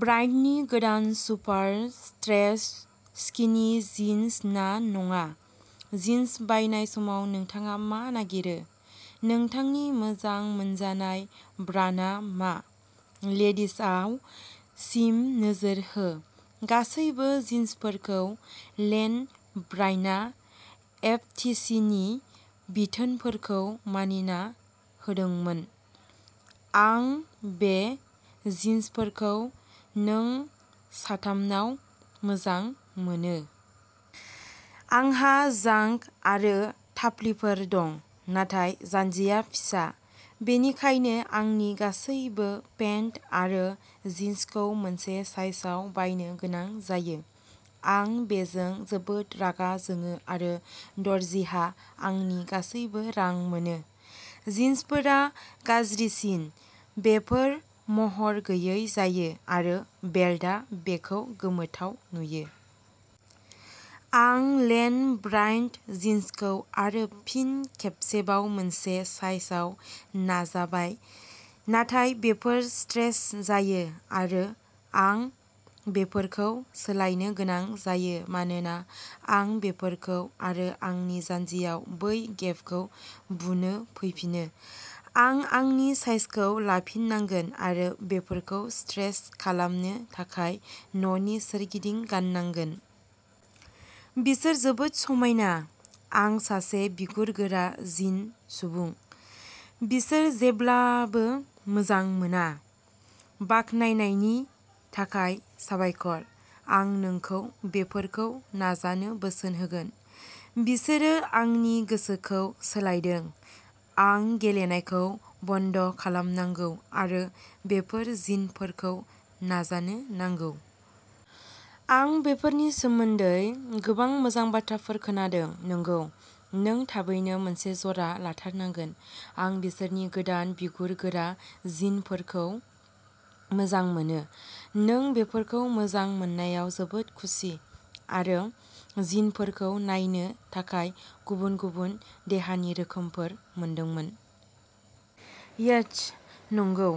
ब्रायन्टनि गोदान super stretch skinny jeans ना नङा? जिन्स बायनाय समाव नोंथाङा मा नागिरो? नोंथांनि मोजां मोनजानाय ब्रान्डआ मा? लेडिजआव चिम! नोजोर हो गासैबो जिन्सफोरखौ लेन ब्रायन्टआ एफटीसीनि बिथोनफोरखौ मानिना होदोंमोन। आं बे जिन्सफोरखौ नों साथामनाव मोजां मोनो। आंहा जांघ आरो थाफ्लिफोर दं नाथाय जान्जिया फिसा बेनिखायनो आंनि गासैबो पेन्ट आरो जिन्सखौ मोनसे साइजआव बायनो गोनां जायो। आं बेजों जोबोद रागा जोङो आरो दर्जिहा आंनि गासैबो रां मोनो। जिन्सफोरा गाज्रिसिन, बेफोर महर गैयै जायो आरो बेल्टआ बेखौ गोमोथाव नुयो। आं लेन ब्रायन्ट जिन्सखौ आरो फिन खेबसेबाव मोनसे साइजआव नाजाबाय नाथाय बेफोर स्ट्रेच जायो आरो आं बेफोरखौ सोलायनो गोनां जायो मानोना आं बेफोरखौ आरो आंनि जान्जियाव बै गेपखौ बुनो फैफिनो। आं आंनि साइजखौ लाफिननांगोन आरो बेफोरखौ स्ट्रेच खालामनो थाखाय न'नि सोरगिदिं गाननांगोन। बिसोर जोबोद समायना, आं सासे बिगुर-गोरा जिन सुबुं, बिसोर जेब्लाबो मोजां मोना। बाखनायनायनि थाखाय साबायखर आं नोंखौ बेफोरखौ नाजानो बोसोन होगोन, बिसोरो आंनि गोसोखौ सोलायदों। आं गेलेनायखौ बन्द खालामनांगौ आरो बेफोर जिनफोरखौ नाजानो नांगौ! आं बेफोरनि सोमोन्दै गोबां मोजां बाथ्राफोर खोनादों। नंगौ!नों थाबैनो मोनसे जरा लाथारनांगोन! आं बिसोरनि गोदान बिगुर-गोरा जिनफोरखौ मोजां मोनो। नों बेफोरखौ मोजां मोननायाव जोबोद खुसि आरो जिनफोरखौ नायनो थाखाय गुबुन-गुबुन देहानि रोखोमफोर मोनदोंमोन। यास्स! नंगौ,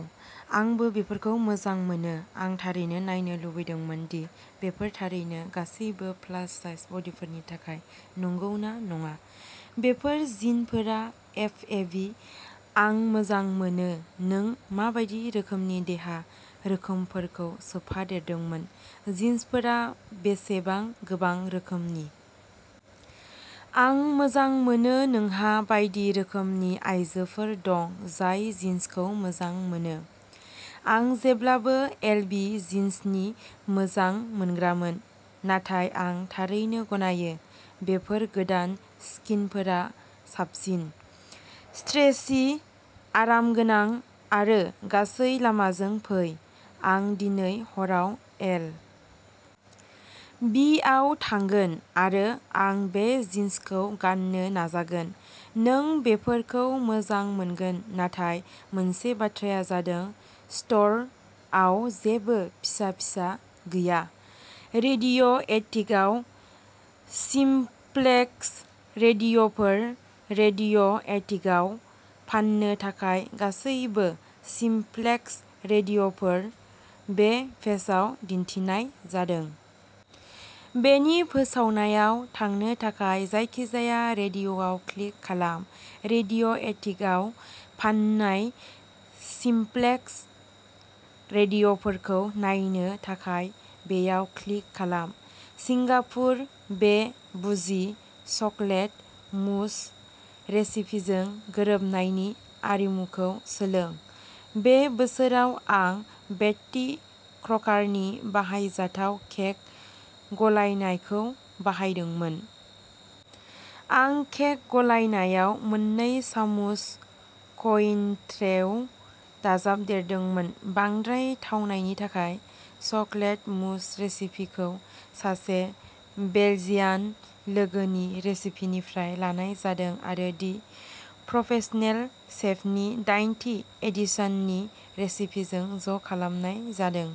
आंबो बेफोरखौ मोजां मोनो! आं थारैनो नायनो लुबैदोंमोन दि बेफोर थारैनो गासिबो प्लास साइज बडीफोरनि थाखाय नंगौ ना नङा। बेफोर जिनफोरा एफएबि! आं मोजां मोनो नों बायदि रोखोमनि देहा रोखोमफोरखौ सोफादेरदोंमोन जिन्सफोरा बेसेबां गोबां रोखोमनि। आं मोजां मोनो नोंहा बायदि रोखोमनि आयजोफोर दं जाय जिन्सखौ मोजां मोनो। आं जेब्लाबो एलबि जिन्सनि मोजां मोनग्रामोन, नाथाय आं थारैनो गनायो, बेफोर गोदान स्किनफोरा साबसिन। स्ट्रेचि, आरामगोनां, आरो गासै लामाजों फै। आं दिनै हराव एल। बि. आव थांगोन आरो आं बे जिन्सखौ गाननो नाजागोन। नों बेफोरखौ मोजां मोनगोन। नाथाय मोनसे बाथ्राया जादों, स्ट'रआव जेबो फिसा फिसा गैया। रेडिय'एटिकआव सिम्प्लेक्स रेडिय'फोर। रेडिय'एटिकआव फान्नो थाखाय गासैबो सिम्प्लेक्स रेडिय'फोर बे पेजआव दिन्थिनाय जादों। बेनि फोसावनायाव थांनो थाखाय जायखिजाया रेडिय'आव क्लिक खालाम। रेडिय'एटिकआव फान्नाय सिम्प्लेक्स रेडिय'फोरखौ नायनो थाखाय बेयाव क्लिक खालाम। सिंगापुर -बे बुजि चकलेट मुस रेसिपिजों गोरोबनायनि आरिमुखौ सोलों। बे बोसोराव, आं बेट्टी क्रकारनि बाहायजाथाव केक गलायनायखौ बाहायदोंमोन। आं केक गलायनायाव मोननै सामुस क'इनट्रेउ दाजाबदेरदोंमोन बांद्राय थावनायनि थाखाय। चकलेट मुस रेसिपिखौ सासे बेल्जियान लोगोनि रेसिपिनिफ्राय लानाय जादों आरो दि प्रफेसनेल शेफनि दाइनथि एडिशननि रेसिपिजों ज'खालामनाय जादों।